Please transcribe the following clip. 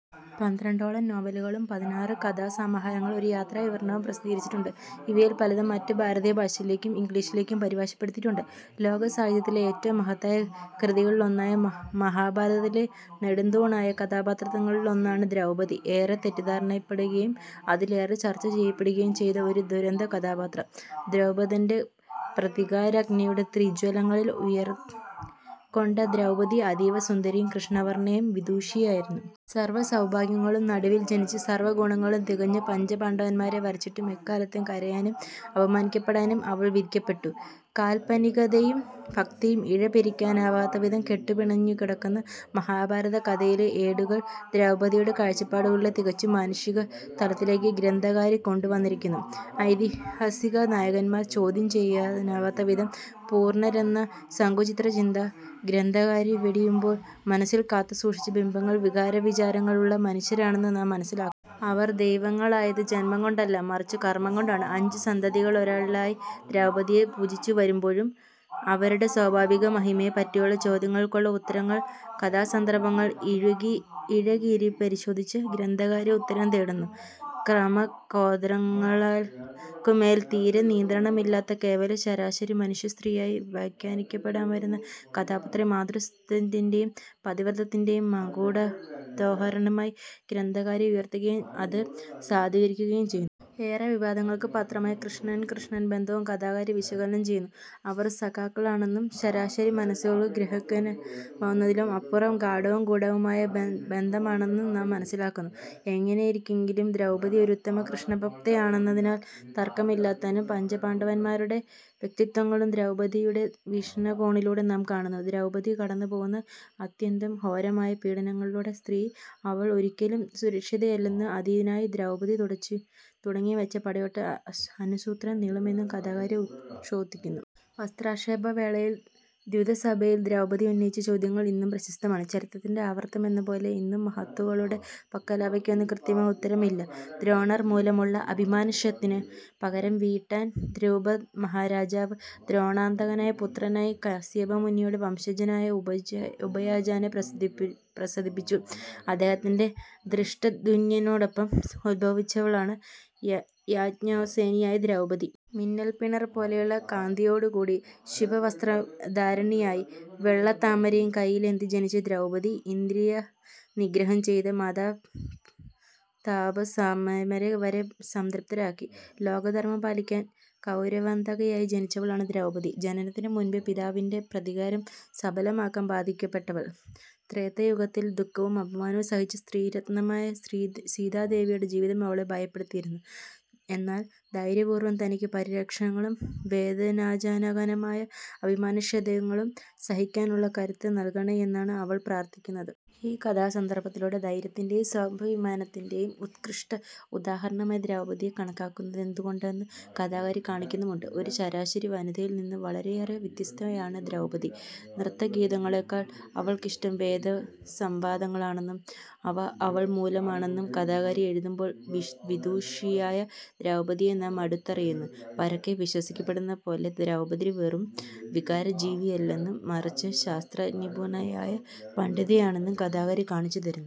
പന്ത്രണ്ടോളം നോവലുകളും പതിനാറു കഥാസമാഹാരങ്ങളും ഒരു യാത്രാ വിവരണവും പ്രസിദ്ധീകരിച്ചിട്ടുണ്ട്. ഇവയിൽ പലതും മറ്റു ഭാരതീയ ഭാഷകളിലേക്കും ഇന്ഗ്ലീഷിലേക്കും പരിഭാഷപ്പെടുത്തിയിട്ടുണ്ട്. ലോകസാഹിത്യത്തിലെ ഏറ്റവും മഹത്തായ കൃതികളിലൊന്നായ മഹാഭാരതത്തിലെ നെടുംതൂണായ കഥാപാത്രങ്ങളിൽ ഒന്നാണ് ദ്രൗപദി. ഏറെ തെറ്റിദ്ധരിക്കപ്പെടുകയും അതിലേറെ ചർച്ചചെയ്യപ്പെടുകയും ചെയ്ത ഒരു ദുരന്ത കഥാപാത്രം. ദ്രുപദൻറെ പ്രതികാരാഗ്നിയുടെ തീജ്വാലയിൽ ഉയിർകൊണ്ട ദ്രൗപദി, അതീവ സുന്ദരിയും, കൃഷ്ണവർണയും, വിദുഷിയും ആയിരുന്നു. സർവ സൗഭാഗ്യങ്ങളുടെയും നടുവിൽ ജനിച്ച് സർവഗുണങ്ങളും തികഞ്ഞ പഞ്ചപാണ്ഡവന്മാരെ വരിച്ചിട്ടും എക്കാലവും കരയാനും അപമാനിക്കപ്പെടാനും അവൾ വിധിക്കപ്പെട്ടു. കാൽപനികതയും ഭക്തിയും ഇഴപിരികാനാവാത്തവിധം കെട്ടുപിണഞ്ഞുകിടക്കുന്ന മഹാഭാരതകഥയിലെ ഏടുകൾ ദ്രൗപദിയുടെ കാഴ്ച്ചപ്പാടിലൂടെ തികച്ചും മാനുഷിക തലത്തിലേക്ക് ഗ്രന്ഥകാരി കൊണ്ടുവന്നിരിക്കുന്നു. ഐതിഹാസിക നായകന്മാർ ചോദ്യം ചെയ്യാനാവാത്തവിധം പൂർണ്ണരെന്ന സങ്കുചിത ചിന്ത ഗ്രന്ഥകാരി വെടിയുമ്പോൾ മനസ്സിൽ കാത്തുസൂക്ഷിച്ച ബിംബങ്ങൾ വികാരവിചാരങ്ങളുള്ള മനുഷ്യരാണെന്ന് നാം മനസ്സിലാക്കുന്നു. അവർ ദൈവങ്ങളായത് ജന്മം കൊണ്ടല്ല മറിച്ചു കർമ്മം കൊണ്ടാണ്. അഞ്ചു സതികളിൽ ഒരാളായി ദ്രൗപദിയെ പൂജിച്ചു വരുമ്പോഴും അവരുടെ സ്വഭാവമഹിമയെ പറ്റിയുള്ള ചോദ്യങ്ങൾക്കുള്ള ഉത്തരങ്ങൾ കഥാസന്ദർഭങ്ങൾ ഇഴകീരിപരിശോധിച്ച് ഗ്രന്ഥകാരി ഉത്തരം തേടുന്നു. കാമക്രോധങ്ങൾക്കുമേൽ തീരെ നിയന്ത്രണമില്ലാത്ത കേവലം ശരാശരി മനുഷ്യസ്ത്രീയായി വ്യഘ്യാനിക്കപ്പെടാമായിരുന്ന കഥാപാത്രത്തെ മാതൃത്വത്തിൻറെയും പാതിവ്രത്യത്തിൻറെയും മകുടോദാഹരണമായി ഗ്രന്ഥകാരി ഉയർത്തുകയും അത് സാധൂകരിക്കുകയും ചെയ്യുന്നു. ഏറെ വിവാദങ്ങൾക്ക് പാത്രമായ കൃഷ്ണ-കൃഷ്ണൻ ബന്ധവും കഥാകാരി വിശകലനം ചെയ്യുന്നു. അവർ സഖാക്കളാണെന്നും ശരാശരി മനസ്സുകൾക്ക് ഗ്രഹിക്കാനാവുന്നതിനും അപ്പുറം ഗാഡവും ഗൂഡവുമായ ബന്ധമാണെന്നു നാം മനസ്സിലാക്കുന്നു. എങ്ങനെയിരിക്കിലും ദ്രൗപദി ഒരു ഉത്തമ കൃഷ്ണഭ്ക്തയാണെന്നതിൽ തർക്കമില്ലതാനും. പഞ്ചപാണ്ടവന്മാരുടെ വ്യക്തിത്വങ്ങളും ദ്രൗപദിയുടെ വീക്ഷണകോണിലൂടെ നാം കാണുന്നു. ദ്രൗപദി കടന്നുപോകുന്ന അത്യന്തം ഘോരമായ പീഡനങ്ങളിലൂടെ, സ്ത്രീ, അവൾ ഒരിക്കലും സുരക്ഷിതയല്ലെന്നും അതിനായി ദ്രൗപദി തുടങ്ങിവെച്ച പടയോട്ടം അനുസ്യൂതം നീളുമെന്നും കഥാകാരി ഉദ്ഘോഷിക്കുന്നു. വസ്ത്രാക്ഷേപവേളയിൽ. ദ്യുതസഭയിൽ ദ്രൗപദി ഉന്നയിച്ച ചോദ്യങ്ങൾ ഇന്നും പ്രസക്തമാണ്. ചരിത്രത്തിൻറെ ആവർത്തനമെന്ന പോലെ ഇന്നും മഹത്തുക്കളുടെ പക്കൽ അവയ്ക്കൊന്നും കൃത്യമായ ഉത്തരം ഇല്ല. ദ്രോണർ മൂലമുള്ള അഭിമാനക്ഷതത്തിന് പകരം വീട്ടാൻ ദ്രുപദമാഹാരാജാവ് ദ്രോണാന്തകനായ പുത്രനായി കസ്യപമുനിയുടെ വംശജനായ ഉപയാജനെ പ്രസാദിപ്പിച്ചു. അദ്ദേഹത്തിൻറെ ധൃഷ്ടദ്യുംനനോടോപ്പം ഉദ്ഭവിച്ചവളാണ് യാജ്ഞാസേനിയായ് ദ്രൗപദി. മിന്നൽ പിണർ പോലെയുള്ള കാന്തിയോടുകൂടി, ശുഭ്രവസ്ത്രധാരിണിയായി, വെള്ളത്താമരയും കൈയിലേന്തി ജനിച്ച ദ്രൗപദി, ഇന്ദ്രിയനിഗ്രഹം ചെയ്ത മഹാതാപസന്മാരെ വരെ സ്തബ്ധരാക്കി. ലോകധർമ്മം പാലിക്കാൻ കൗരവാന്തകയായി ജനിച്ചവളാണ് ദ്രൗപദി. ജനനത്തിനു മുൻപേ പിതാവിൻറെ പ്രതികാരം സഫലമാക്കാൻ ബാധിക്കപെട്ടവൾ. ത്രേതായുഗത്തിൽ ദുഖവും അപമാനവും സഹിച്ച സ്ത്രീരത്നമായ സീതാദേവിയുടെ ജീവിതം അവളെ ഭയപ്പെടുത്തിയിരുന്നു. എന്നാൽ ധൈര്യപൂർവ്വം തനിക്കു പരീക്ഷണങ്ങളും, വേദനാജനകമായ അഭിമാനക്ഷതങ്ങളും സഹിക്കാനുള്ള കരുത്ത് നൽകണേ എന്നാണ് അവൾ പ്രാർഥിക്കുന്നത്. ഈ കഥാസന്ദർഭത്തിലൂടെ ധൈര്യത്തിന്റെയും സ്വാഭിമാനതിന്റെയും ഉത്കൃഷ്ട ഉദാഹരണമായി ദ്രൗപദിയെ കണക്കാക്കുന്നതെന്തുകൊണ്ടെന്ന് കഥാകാരി കാണിക്കുന്നുമുണ്ട്. ഒരു ശരാശരി വനിതയിൽനിന്നു വളരെയേറെ വത്യസ്തയാണ് ദ്രൗപദി. നൃത്യഗീതങ്ങളെക്കാൾ അവൾക്കിഷ്ടം വേദസംവാദങ്ങളാണന്നും, അവ അവൾ മൂലമാണെന്നും കഥാകാരി എഴുതുമ്പോൾ വിദുഷിയായ ദ്രൗപദിയെ നാം അടുത്തറിയുന്നു. പരക്കെ വിശ്വസിക്കപ്പെടുന്ന പോലെ ദ്രൗപദി വെറും വികാരജീവിയല്ലെന്നും മറിച്ച് ശാസ്ത്രനിപുണയായ പണ്ധിതയാണന്നും കഥാകാരി കാണിച്ചുതരുന്നു.